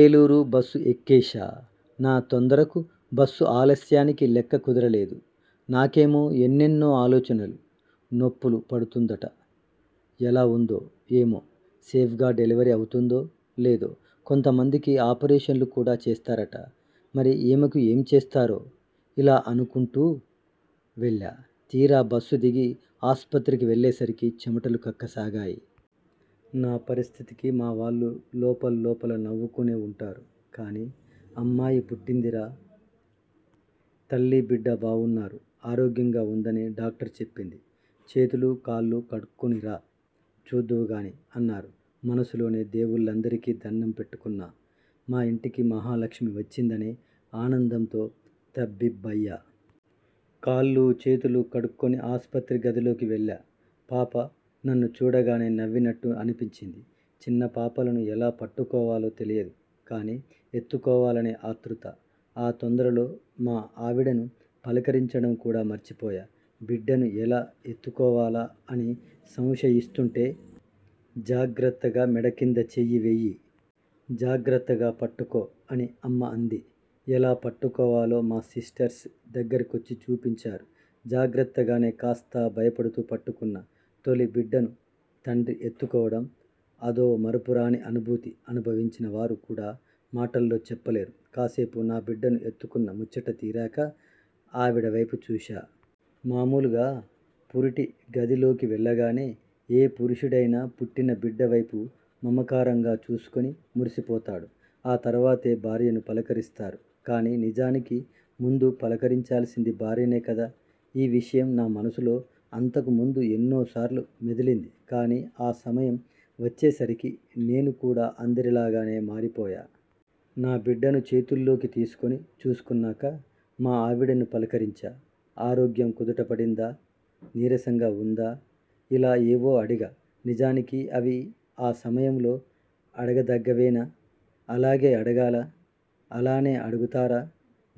Eluru bus ఎక్కేశా. నా తొందరకు, బస్సు ఆలస్యానికి లెక్క కుదరలేదు. నాకేమో ఎన్నెన్నో ఆలోచనలు.. 'నొప్పులు పడుతోందంట, ఎలా ఉందో? ఏమో? సేఫ్గా డెలివరీ అవుతుందో లేదో? కొంతమందికి ఆపరేషన్లు కూడా చేస్తారట. మరి ఈమెకు ఏం చేస్తారో? 'ఇలా అనుకుంటూ వెళ్లా.. తీరా బస్సు దిగి ఆసుపత్రికి వెళ్లేసరికి చెమటలు కక్కసాగాయి. నా పరిస్థితికి మా వాళ్లు లోపల్లోపల నవ్వుకునే ఉంటారు. కానీ 'అమ్మాయి పుట్టిందిరా. తల్లీ బిడ్డా బావున్నారు. ఆరోగ్యంగా ఉందని డాక్టర్ చెప్పింది. చేతులు కాళ్లు కడుక్కుని రా.. చూద్దువు గానీ' అన్నారు. మనసులోనే దేవుళ్లందరికీ దణ్ణం పెట్టుకున్నా. 'మా ఇంటికి మహాలక్ష్మి వచ్చిందనే ఆనందంతో తబ్బిబ్బయ్యా. కాళ్లూ చేతులూ కడుక్కుని ఆసుపత్రి గదిలోకి వెళ్లా. పాప నన్ను చూడగానే నవ్వినట్టు అనిపించింది. చిన్న పాపలను ఎలా పట్టుకోవాలో తెలియదు. కానీ ఎత్తుకోవాలనే ఆతృత. ఆ తొందరలో మా ఆవిడను పలకరించడం కూడా మర్చిపోయా. బిడ్డను ఎలా ఎత్తుకోవాలా? అని సంశయిస్తుంటే.. 'జాగ్రత్తగా మెడకింద చెయ్యివేయి. జాగ్రత్తగా పట్టుకో' అని అమ్మ అంది. ఎలా పట్టుకోవాలో మా సిస్టర్స్ దగ్గరకొచ్చి చూపించారు. జాగ్రత్తగానే, కాస్త భయపడుతూ పట్టుకున్నా. తొలి బిడ్డను తండ్రి ఎత్తుకోవడం.. అదో మరపురాని అనుభూతి. అనుభవించిన వారు కూడా మాటల్లో చెప్పలేరు. కాసేపు నాబిడ్డను ఎత్తుకున్న ముచ్చట తీరాక ఆవిడవైపు చూశా. మామూలుగా పురిటి గది లోకి వెళ్లగానే ఏ పురుషుడైనా పుట్టినబిడ్డ వైపు మమకారంగా చూసుకుని మురిసిపోతాడు. ఆ తర్వాతే భార్యను పలకరిస్తారు. కానీ నిజానికి ముందు పలకరించాల్సింది భార్యనే కదా.. ఈ విషయం నా మనసులో అంతకు ముందు ఎన్నోసార్లు మెదిలింది. కానీ ఆ సమయం వచ్చే సరికి నేను కూడా అందరి లాగానే మారిపోయా. నా బిడ్డను చేతుల్లోకి తీసుకుని చూసుకున్నాక, మా ఆవిడను పలకరించా. 'ఆరోగ్యం కుదుట పడిందా? నీరసంగా ఉందా?.. ' ఇలా ఏవో అడిగా. నిజానికి అవి ఆ సమయంలో అడగదగ్గవేనా? అలాగే అడగాలా? అలానే అడుగుతారా?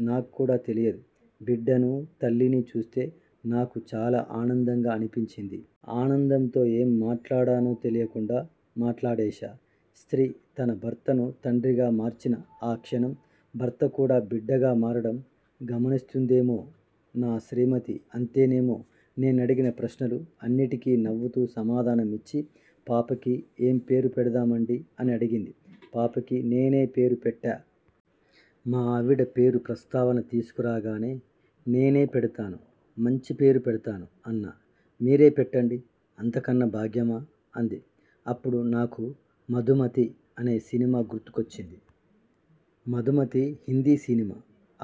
నాక్కూడా తెలియదు. బిడ్డనూ, తల్లినీ చూస్తే నాకు చాలా ఆనందంగా అనిపించింది. ఆనందంతో ఏం మాట్లాడానో తెలియకుండా మాట్లాడేశా. స్త్రీ తన భర్తను తండ్రిగా మార్చిన ఆ క్షణం, భర్త కూడా బిడ్డగా మారడం గమనిస్తుందేమో. నా శ్రీమతీ అంతేనేమో. నేనడిగిన ప్రశ్నలు అన్నిటికీ నవ్వుతూ సమాధానమిచ్చి 'పాపకి ఏం పేరు పెడదామండీ' అని అడిగింది. పాపకి నేనే పేరు పెట్టా! మా ఆవిడ 'పేరు' ప్రస్తావన తీసుకురాగానే 'నేనే పెడతాను. మంచి పేరు పెడతాను' అన్నా. 'మీరే పెట్టండి. అంతకన్నా భాగ్యమా' అంది. అప్పుడు నాకు 'మధుమతి' అనే సినిమా గుర్తుకొచ్చింది. 'మధుమతి' హిందీ సినిమా.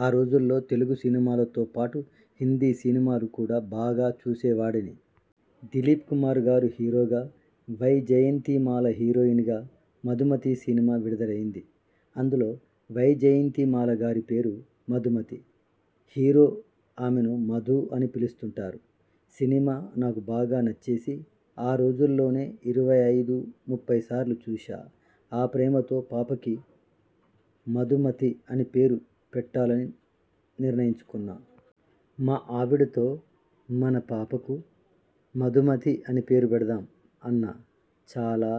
ఆ రోజుల్లో తెలుగు సినిమాలతో పాటు హిందీ సినిమాలు కూడా బాగా చూసేవాడిని. దిలీప్ కుమార్ గారు హీరోగా, వైజయంతి మాల హీరోయిన్గా 'మధుమతి' సినిమా విడుదలైంది. అందులో వైజయంతి మాల గారి పేరు మధుమతి. హీరో ఆమెను మధూ అని పిలుస్తుంటారు. సినిమా నాకు బాగా నచ్చేసి ఆరోజుల్లోనే ఇరవై ఐదు, ముప్పై సార్లు చూశా. ఆ ప్రేమతో పాపకు మధుమతి అని పేరు పెట్టాలని నిర్ణయించుకున్నా. మా ఆవిడతో 'మన పాపకు మధుమతి అని పేరు పెడదాం' అన్నా. 'చాలా